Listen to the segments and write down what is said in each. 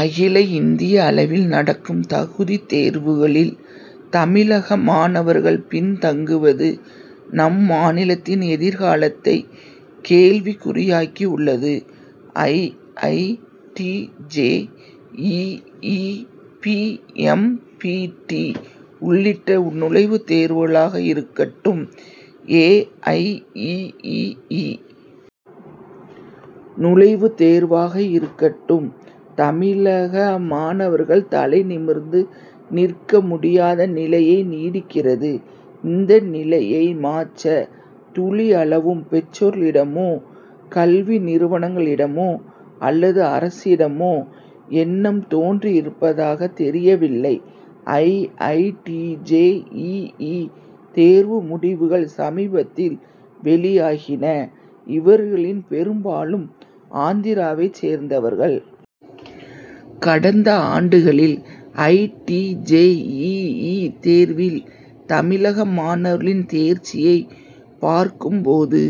அகில இந்திய அளவில் நடக்கும் தகுதித் தேர்வுகளில், தமிழக மாணவர்கள் பின் தங்குவது, நம் மாநிலத்தின் எதிர்காலத்தை கேள்விக்குறியாக்கியுள்ளது. I. I. T. J. E. E., P. M. P. T., உள்ளிட்ட நுழைவுத் தேர்வுகளாக இருக்கட்டும், ஏ. ஐ. இ. இ. இ., நுழைவுத் தேர்வாக இருக்கட்டும், தமிழக மாணவர்கள் தலைநிமிர்ந்து நிற்க முடியாத நிலையை நீடிக்கிறது. இந்நிலையை மாற்ற, துளி அளவும் பெற்றோர்களிடமோ, கல்வி நிறுவனங்களிடமோ அல்லது அரசிடமோ எண்ணம் தோன்றியிருப்பதாக தெரியவில்லை. I. I. T., J. E. E., தேர்வு முடிவுகள் சமீபத்தில் வெளியாகின. இவர்களில் பெரும்பாலும் ஆந்திராவைச் சேர்ந்தவர்கள். கடந்த ஆண்டுகளில் I. T. J. E. E., தேர்வில் தமிழக மாணவர்களின் தேர்ச்சியைப் பார்க்கும் போது,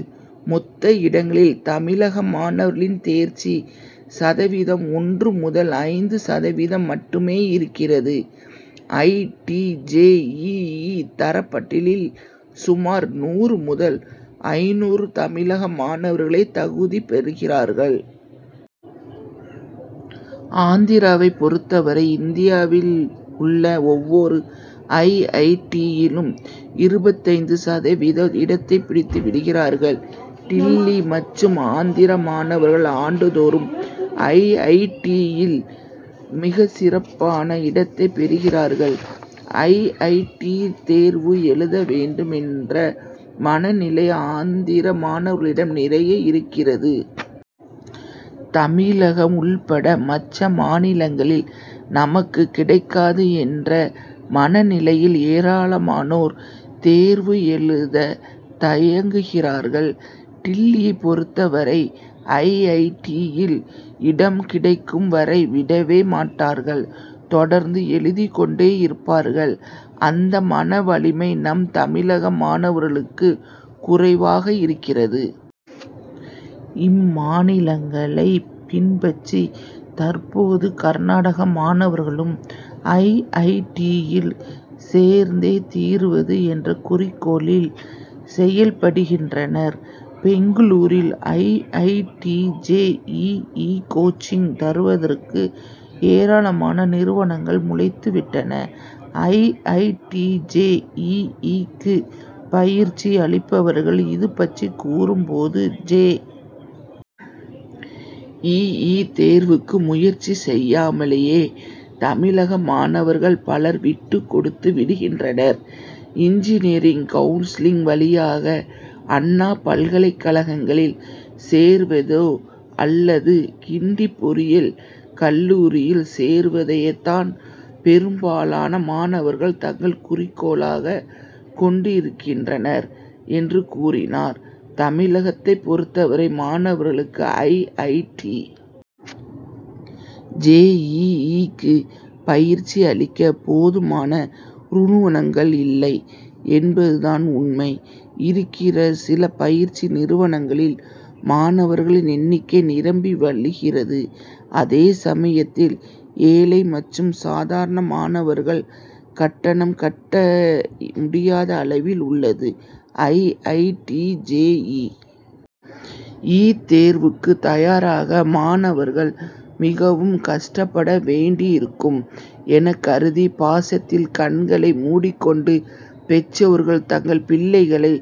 மொத்த இடங்களில் தமிழக மாணவர்களின் தேர்ச்சி சதவீதம் ஒன்று முதல் ஐந்து சதவீதம் மட்டுமேஇருக்கிறது. I. T. J. E. E., தரப்பட்டியலில் சுமார் நூறு முதல் ஐந்நூறு தமிழக மாணவர்களே தகுதி பெறுகிறார்கள். ஆந்திராவைப் பொறுத்தவரை இந்தியாவில் உள்ள ஒவ்வொரு ஐ. ஐ. டி.,யிலும் இருபத்தைந்து சதவீத இடத்தைப் பிடித்து விடுகிறார்கள். டில்லி மற்றும் ஆந்திரா மாணவர்கள் ஆண்டுதோறும் ஐ. ஐ. டி.,யில் மிகச்சிறப்பான இடத்தைப் பெறுகிறார்கள். ஐ. ஐ. டி., தேர்வு எழுத வேண்டும் என்ற மனநிலை ஆந்திர மாணவர்களிடம் நிறைய இருக்கிறது. தமிழகம் உள்பட மற்ற மாநிலங்களில், நமக்குக் கிடைக்காது' என்ற மனநிலையில் ஏராளமானோர் தேர்வு எழுதத் தயங்குகிறார்கள். டில்லியைப் பொறுத்தவரை, ஐ. ஐ. டி.,யில் இடம் கிடைக்கும் வரை, விடவே மாட்டார்கள். தொடர்ந்து எழுதிக் கொண்டே இருப்பார்கள். அந்த மனவலிமை நம் தமிழக மாணவர்களுக்கு குறைவாக இருக்கிறது. இம்மாநிலங்களைப் பின்பற்றி தற்போது கர்நாடக மாணவர்களும், ஐ. ஐ. டி.,யில் சேர்ந்தே தீருவது என்ற குறிக்கோளில் செயல்படுகின்றனர். பெங்களூருவில் I. I. T. J. E. E., coaching தருவதற்கு ஏராளமான நிறுவனங்கள் முளைத்துவிட்டன. I. I. T. J. E. இ.,க்கு பயிற்சி அளிப்பவர்கள் இது பற்றி கூறும் போது, ஜே. இ. இ., தேர்வுக்கு முயற்சி செய்யாமலேயே தமிழக மாணவர்கள் பலர் விட்டுக் கொடுத்துவிடுகின்றனர். இன்ஜினியரிங் கவுன்சிலிங் வழியாக அண்ணா பல்கலைக்கழகங்களில் சேர்வதோ அல்லது கிண்டி பொறியியல் கல்லூரியில் சேர்வதைத்தான் பெரும்பாலான மாணவர்கள் தங்கள் குறிக்கோளாகக் கொண்டிருக்கின்றனர் என்று கூறினார். தமிழகத்தைப் பொறுத்தவரை மாணவர்களுக்கு I. I. T. J. E. இ.,க்கு பயிற்சி அளிக்க போதுமான றுவனங்கள் இல்லை என்பதுதான் உண்மை. இருக்கிற சில பயிற்சி நிறுவனங்களில் மாணவர்கள் எண்ணிக்கை நிரம்பி வழிகிறது. அதே சமயத்தில், ஏழை மற்றும் சாதாரண மாணவர்கள் கட்டணம் கட்ட முடியாத அளவில் உள்ளது. I. I. T. J. E. இ.,தேர்வுக்கு தயாராக மாணவர்கள் மிகவும் கஷ்டப்பட வேண்டியிருக்கும் எனக் கருதி பாசத்தில் கண்களை மூடிக்கொண்டு பெற்றோர்கள், தங்கள் பிள்ளைகளை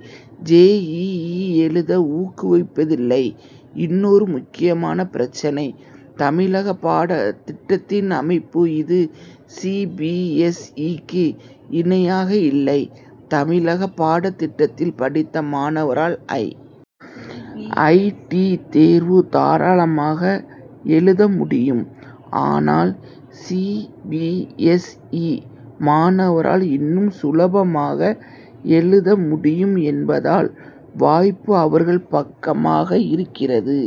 ஜே. இ. இ., எழுத ஊக்குவிப்பதில்லை. இன்னொரு முக்கியமான பிரச்னை தமிழக பாடத்திட்டத்தின் அமைப்பு. இது சி. பி. எஸ். இ.,க்கு இணையாக இல்லை. தமிழக பாடத்திட்டத்தில் படித்த மாணவரால் ஐ. ஐ. டி., தேர்வு தாராளமாக எழுத முடியும். ஆனால், சி. பி. எஸ். இ., மாணவரால் இன்னும் சுலபமாக எழுத முடியும் என்பதால் வாய்ப்பு அவர்கள் பக்கமாக இருக்கிறது.